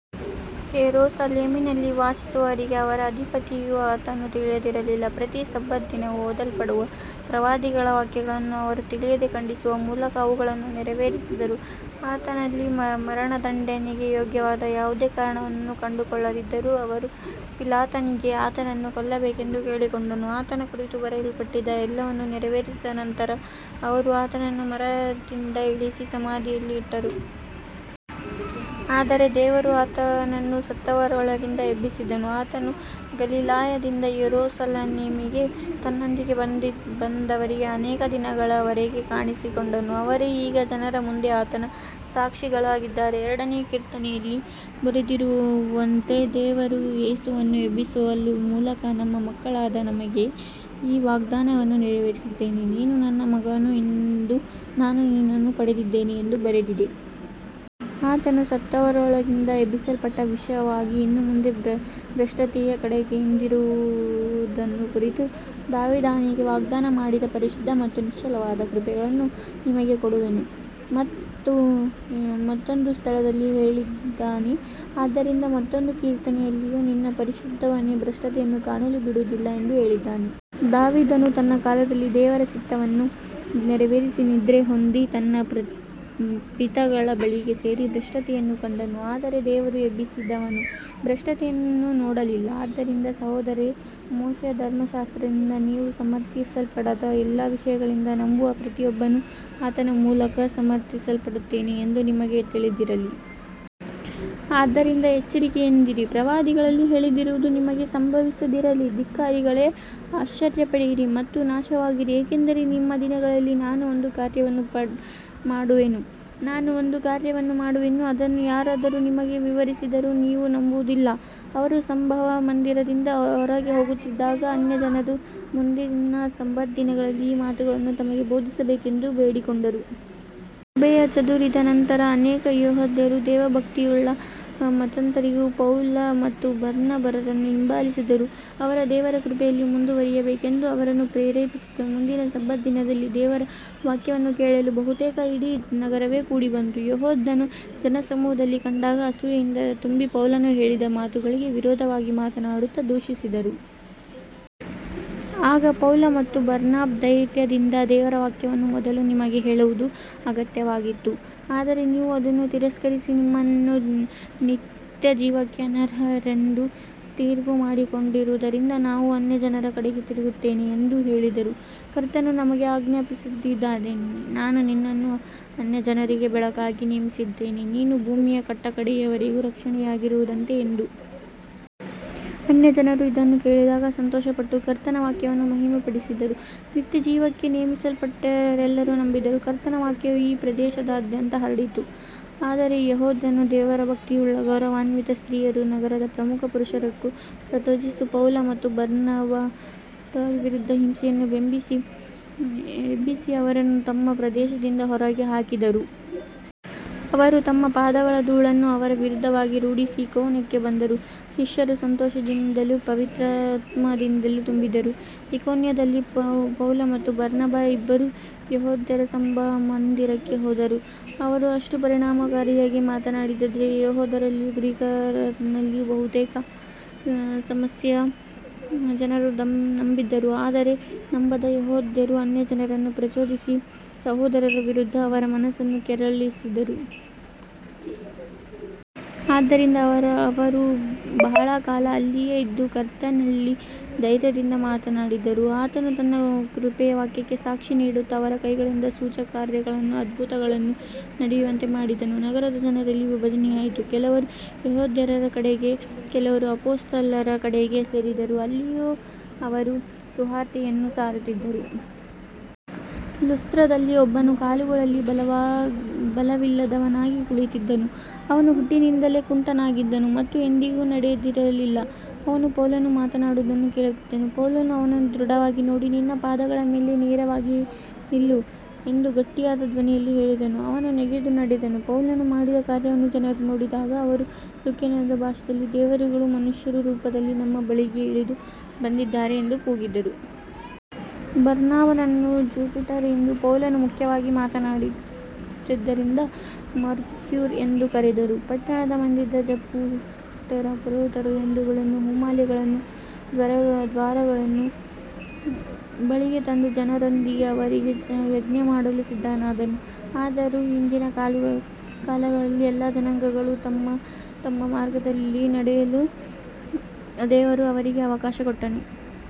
ಯೆರೂಸಲೇಮಿನಲ್ಲಿ ವಾಸಿಸುವವರಿಗೂ ಅವರ ಅಧಿಪತಿಗಳಿಗೂ ಆತನು ತಿಳಿದಿರಲಿಲ್ಲ. ಪ್ರತಿ ಸಬ್ಬತ್ ದಿನವೂ ಓದಲ್ಪಡುವ ಪ್ರವಾದಿಗಳ ವಾಕ್ಯಗಳನ್ನು ಅವರು ತಿಳಿಯದೆ ಖಂಡಿಸುವ ಮೂಲಕ ಅವುಗಳನ್ನು ನೆರವೇರಿಸಿದರು. ಆತನಲ್ಲಿ ಮರಣದಂಡನೆಗೆ ಯೋಗ್ಯವಾದ ಯಾವುದೇ ಕಾರಣವನ್ನು ಕಂಡುಕೊಳ್ಳದಿದ್ದರೂ ಅವರು ಪಿಲಾತನಿಗೆ ಆತನನ್ನು ಕೊಲ್ಲಬೇಕೆಂದು ಕೇಳಿಕೊಂಡರು. ಆತನ ಕುರಿತು ಬರೆಯಲ್ಪಟ್ಟಿದ್ದ ಎಲ್ಲವನ್ನೂ ನೆರವೇರಿಸಿದ ನಂತರ ಅವರು ಆತನನ್ನು ಮರದಿಂದ ಇಳಿಸಿ ಸಮಾಧಿಯಲ್ಲಿ ಇಟ್ಟರು. ಆದರೆ ದೇವರು ಆತನನ್ನು ಸತ್ತವರೊಳಗಿಂದ ಎಬ್ಬಿಸಿದನು. ಆತನು ಗಲಿಲಾಯದಿಂದ ಯೆರೂಸಲೇಮಿಗೆ ತನ್ನೊಂದಿಗೆ ಬಂದವರಿಗೆ ಅನೇಕ ದಿನಗಳವರೆಗೆ ಕಾಣಿಸಿಕೊಂಡನು. ಅವರೇ ಈಗ ಜನರ ಮುಂದೆ ಆತನ ಸಾಕ್ಷಿಗಳಾಗಿದ್ದಾರೆ. ಎರಡನೆಯ ಕೀರ್ತನೆಯಲ್ಲಿ ಬರೆದಿರುವಂತೆ, ದೇವರು ಯೇಸುವನ್ನು ಎಬ್ಬಿಸುವ ಮೂಲಕ ನಮ್ಮ ಮಕ್ಕಳಾದ ನಮಗೆ ಈ ವಾಗ್ದಾನವನ್ನು ನೆರವೇರಿಸಿದ್ದಾನೆ, ನೀನು ನನ್ನ ಮಗನು, ಇಂದು ನಾನು ನಿನ್ನನ್ನು ಪಡೆದಿದ್ದೇನೆ ಎಂದು ಬರೆದಿದೆ. ಆತನು ಸತ್ತವರೊಳಗಿಂದ ಎಬ್ಬಿಸಲ್ಪಟ್ಟ ವಿಷಯವಾಗಿ ಇನ್ನು ಮುಂದೆ ಭ್ರಷ್ಟತೆಯ ಕಡೆಗೆ ಹಿಂದಿರುಗದಿರುವುದನ್ನು ಕುರಿತು, ದಾವೀದನಿಗೆ ವಾಗ್ದಾನ ಮಾಡಿದ ಪರಿಶುದ್ಧ ಮತ್ತು ನಿಶ್ಚಯವಾದ ಕೃಪೆಗಳನ್ನು ನಿಮಗೆ ಕೊಡುವೆನು ಎಂದು ಮತ್ತೊಂದು ಸ್ಥಳದಲ್ಲಿ ಹೇಳಿದ್ದಾನೆ. ಆದ್ದರಿಂದ ಮತ್ತೊಂದು ಕೀರ್ತನೆಯಲ್ಲಿಯೂ, ನಿನ್ನ ಪರಿಶುದ್ಧನಿಗೆ ಭ್ರಷ್ಟತೆಯನ್ನು ಕಾಣಲು ಬಿಡುವುದಿಲ್ಲ ಎಂದು ಹೇಳಿದ್ದಾನೆ. ದಾವೀದನು ತನ್ನ ಕಾಲದಲ್ಲಿ ದೇವರ ಚಿತ್ತವನ್ನು ನೆರವೇರಿಸಿ ನಿದ್ರೆಹೊಂದಿ ತನ್ನ ಪಿತೃಗಳ ಬಳಿಗೆ ಸೇರಿ ಭ್ರಷ್ಟತೆಯನ್ನು ಕಂಡನು. ಆದರೆ ದೇವರು ಎಬ್ಬಿಸಿದವನು ಭ್ರಷ್ಟತೆಯನ್ನು ನೋಡಲಿಲ್ಲ. ಆದ್ದರಿಂದ ಸಹೋದರರೇ, ಮೋಶೆಯ ಧರ್ಮಶಾಸ್ತ್ರದಿಂದ ನೀವು ಸಮರ್ಥಿಸಲ್ಪಡಲಾಗದ ಎಲ್ಲ ವಿಷಯಗಳಿಂದ ನಂಬುವ ಪ್ರತಿಯೊಬ್ಬನೂ ಆತನ ಮೂಲಕ ಸಮರ್ಥಿಸಲ್ಪಡುತ್ತಾನೆ ಎಂದು ನಿಮಗೆ ತಿಳಿದಿರಲಿ. ಆದ್ದರಿಂದ ಎಚ್ಚರಿಕೆಯಿಂದಿರಿ, ಪ್ರವಾದಿಗಳಲ್ಲಿ ಹೇಳಿರುವುದು ನಿಮಗೆ ಸಂಭವಿಸದಿರಲಿ, ಧಿಕ್ಕಾರಿಗಳೇ, ಆಶ್ಚರ್ಯಪಡಿರಿ ಮತ್ತು ನಾಶವಾಗಿರಿ, ಏಕೆಂದರೆ ನಿಮ್ಮ ದಿನಗಳಲ್ಲಿ ನಾನು ಒಂದು ಕಾರ್ಯವನ್ನು ಮಾಡುವೆನು, ಅದನ್ನು ಯಾರಾದರೂ ನಿಮಗೆ ವಿವರಿಸಿದರೂ ನೀವು ನಂಬುವುದಿಲ್ಲ. ಅವರು ಸಭಾಮಂದಿರದಿಂದ ಹೊರಗೆ ಹೋಗುತ್ತಿದ್ದಾಗ ಅನ್ಯಜನರು ಮುಂದಿನ ಸಬ್ಬತ್ ದಿನದಲ್ಲಿ ಈ ಮಾತುಗಳನ್ನು ತಮಗೆ ಬೋಧಿಸಬೇಕೆಂದು ಬೇಡಿಕೊಂಡರು. ಸಭೆಯು ಚದುರಿದ ನಂತರ ಅನೇಕ ಯೆಹೂದ್ಯರೂ ದೇವಭಕ್ತಿಯುಳ್ಳ ಮತಾಂತರಿಗಳೂ ಪೌಲ ಮತ್ತು ಬರ್ನಬರನ್ನು ಹಿಂಬಾಲಿಸಿದರು. ಅವರು ದೇವರ ಕೃಪೆಯಲ್ಲಿ ಮುಂದುವರಿಯಬೇಕೆಂದು ಅವರನ್ನು ಪ್ರೇರೇಪಿಸಿದರು. ಮುಂದಿನ ಸಬ್ಬತ್ ದಿನದಲ್ಲಿ ದೇವರ ವಾಕ್ಯವನ್ನು ಕೇಳಲು ಬಹುತೇಕ ಇಡೀ ನಗರವೇ ಕೂಡಿಬಂತು. ಯೆಹೂದ್ಯರು ಜನಸಮೂಹವನ್ನು ಕಂಡಾಗ ಅಸೂಯೆಯಿಂದ ತುಂಬಿ ಪೌಲನು ಹೇಳಿದ ಮಾತುಗಳಿಗೆ ವಿರೋಧವಾಗಿ ಮಾತನಾಡುತ್ತಾ ದೂಷಿಸಿದರು. ಆಗ ಪೌಲ ಮತ್ತು ಬರ್ನಬ ಧೈರ್ಯದಿಂದ, ದೇವರ ವಾಕ್ಯವನ್ನು ಮೊದಲು ನಿಮಗೆ ಹೇಳುವುದು ಅಗತ್ಯವಾಗಿತ್ತು. ಆದರೆ ನೀವು ಅದನ್ನು ತಿರಸ್ಕರಿಸಿ ನಿಮ್ಮನ್ನು ನಿತ್ಯಜೀವಕ್ಕೆ ಅನರ್ಹರೆಂದು ತೀರ್ಪುಮಾಡಿಕೊಂಡಿರುವುದರಿಂದ ನಾವು ಅನ್ಯಜನರ ಕಡೆಗೆ ತಿರುಗುತ್ತೇವೆ ಎಂದು ಹೇಳಿದರು. ಕರ್ತನು ನಮಗೆ ಆಜ್ಞಾಪಿಸಿದ್ದಾನೆ, ನಾನು ನಿನ್ನನ್ನು ಅನ್ಯಜನರಿಗೆ ಬೆಳಕಾಗಿ ನೇಮಿಸಿದ್ದೇನೆ, ನೀನು ಭೂಮಿಯ ಕಟ್ಟಕಡೆಯವರೆಗೂ ರಕ್ಷಣೆಯಾಗಿರುವಂತೆ ಎಂದು. ಅನ್ಯಜನರು ಇದನ್ನು ಕೇಳಿದಾಗ ಸಂತೋಷಪಟ್ಟು ಕರ್ತನ ವಾಕ್ಯವನ್ನು ಮಹಿಮೆಪಡಿಸಿದರು. ನಿತ್ಯಜೀವಕ್ಕೆ ನೇಮಿಸಲ್ಪಟ್ಟವರೆಲ್ಲರೂ ನಂಬಿದರು. ಕರ್ತನ ವಾಕ್ಯವು ಆ ಪ್ರದೇಶದಾದ್ಯಂತ ಹರಡಿತು. ಆದರೆ ಯೆಹೂದ್ಯರು ದೇವಭಕ್ತಿಯುಳ್ಳ ಗೌರವಾನ್ವಿತ ಸ್ತ್ರೀಯರನ್ನೂ ನಗರದ ಪ್ರಮುಖ ಪುರುಷರನ್ನೂ ಪ್ರಚೋದಿಸಿ, ಪೌಲ ಮತ್ತು ಬರ್ನಬರ ವಿರುದ್ಧ ಹಿಂಸೆಯನ್ನು ಎಬ್ಬಿಸಿ ಅವರನ್ನು ತಮ್ಮ ಪ್ರದೇಶದಿಂದ ಹೊರಗೆ ಹಾಕಿಸಿದರು. ಅವರು ತಮ್ಮ ಪಾದಗಳ ಧೂಳನ್ನು ಅವರ ವಿರುದ್ಧವಾಗಿ ಝಾಡಿಸಿ ಇಕೋನ್ಯಕ್ಕೆ ಬಂದರು. ಶಿಷ್ಯರು ಸಂತೋಷದಿಂದಲೂ ಪವಿತ್ರಾತ್ಮದಿಂದಲೂ ತುಂಬಿದರು. ಇಕೋನ್ಯದಲ್ಲಿ ಪೌಲ ಮತ್ತು ಬರ್ನಬ ಇಬ್ಬರೂ ಯೆಹೂದ್ಯರ ಸಭಾಮಂದಿರಕ್ಕೆ ಹೋದರು. ಅವರು ಅಷ್ಟು ಪರಿಣಾಮಕಾರಿಯಾಗಿ ಮಾತನಾಡಿದ್ದರಿಂದ ಯೆಹೂದ್ಯರಲ್ಲಿಯೂ ಗ್ರೀಕರಲ್ಲಿಯೂ ಬಹುಸಂಖ್ಯೆಯ ಜನರು ನಂಬಿದರು. ಆದರೆ ನಂಬದ ಯೆಹೂದ್ಯರು ಅನ್ಯಜನರನ್ನು ಪ್ರಚೋದಿಸಿ ಸಹೋದರರ ವಿರುದ್ಧ ಅವರ ಮನಸ್ಸನ್ನು ಕೆರಳಿಸಿದರು. ಆದ್ದರಿಂದ ಅವರು ಬಹಳ ಕಾಲ ಅಲ್ಲಿಯೇ ಇದ್ದು, ಕರ್ತನಲ್ಲಿ ಧೈರ್ಯದಿಂದ ಮಾತನಾಡಿದರು. ಆತನು ತನ್ನ ಕೃಪೆಯ ವಾಕ್ಯಕ್ಕೆ ಸಾಕ್ಷಿ ನೀಡುತ್ತಾ ಅವರ ಕೈಗಳಿಂದ ಸೂಚಕಕಾರ್ಯಗಳನ್ನೂ ಅದ್ಭುತಗಳನ್ನೂ ನಡೆಯುವಂತೆ ಮಾಡಿದನು. ನಗರದ ಜನರಲ್ಲಿ ವಿಭಜನೆಯಾಯಿತು. ಕೆಲವರು ಯೆಹೂದ್ಯರ ಕಡೆಗೂ ಕೆಲವರು ಅಪೊಸ್ತಲರ ಕಡೆಗೂ ಸೇರಿದರು. ಅವರು ಅಲ್ಲಿಯೂ ಸುವಾರ್ತೆಯನ್ನು ಸಾರುತ್ತಿದ್ದರು. ಲುಸ್ತ್ರದಲ್ಲಿ ಒಬ್ಬನು ಕಾಲುಗಳಲ್ಲಿ ಬಲವಿಲ್ಲದವನಾಗಿ ಕುಳಿತಿದ್ದನು. ಅವನು ಹುಟ್ಟಿನಿಂದಲೇ ಕುಂಟನಾಗಿದ್ದನು ಮತ್ತು ಎಂದಿಗೂ ನಡೆದಿರಲಿಲ್ಲ. ಅವನು ಪೌಲನು ಮಾತನಾಡುವುದನ್ನು ಕೇಳುತ್ತಿದ್ದನು. ಪೌಲನು ಅವನನ್ನು ದೃಢವಾಗಿ ನೋಡಿ, ನಿನ್ನ ಪಾದಗಳ ಮೇಲೆ ನೇರವಾಗಿ ನಿಲ್ಲು ಎಂದು ಗಟ್ಟಿಯಾದ ಧ್ವನಿಯಲ್ಲಿ ಹೇಳಿದನು. ಅವನು ನೆಗೆದು ನಡೆದನು. ಪೌಲನು ಮಾಡಿದ ಕಾರ್ಯವನ್ನು ಜನರು ನೋಡಿದಾಗ ಅವರು ಲುಕೋನ್ಯದ ಭಾಷೆಯಲ್ಲಿ, ದೇವರುಗಳು ಮನುಷ್ಯರ ರೂಪದಲ್ಲಿ ನಮ್ಮ ಬಳಿಗೆ ಇಳಿದು ಬಂದಿದ್ದಾರೆ ಎಂದು ಕೂಗಿದರು. ಬರ್ನಬನನ್ನು ಜುಪಿಟರ್ ಎಂದೂ ಪೌಲನು ಮುಖ್ಯವಾಗಿ ಮಾತನಾಡುತ್ತಿದ್ದವನಾಗಿದ್ದುದರಿಂದ ಮರ್ಕ್ಯುರಿ ಎಂದೂ ಕರೆದರು. ಪಟ್ಟಣದ ಮುಂದಿದ್ದ ಜುಪಿಟರನ ಪುರೋಹಿತನು ಎತ್ತುಗಳನ್ನೂ ಹೂಮಾಲೆಗಳನ್ನೂ ದ್ವಾರಗಳ ಬಳಿಗೆ ತಂದು ಜನರೊಂದಿಗೆ ಅವರಿಗೆ ಯಜ್ಞಮಾಡಲು ಸಿದ್ಧನಾದನು. ಆದರೂ ಹಿಂದಿನ ಕಾಲಗಳಲ್ಲಿ ಎಲ್ಲಾ ಜನಾಂಗಗಳೂ ತಮ್ಮ ತಮ್ಮ ಮಾರ್ಗಗಳಲ್ಲಿ ನಡೆಯಲು ದೇವರು ಅವರಿಗೆ ಅವಕಾಶಕೊಟ್ಟನು.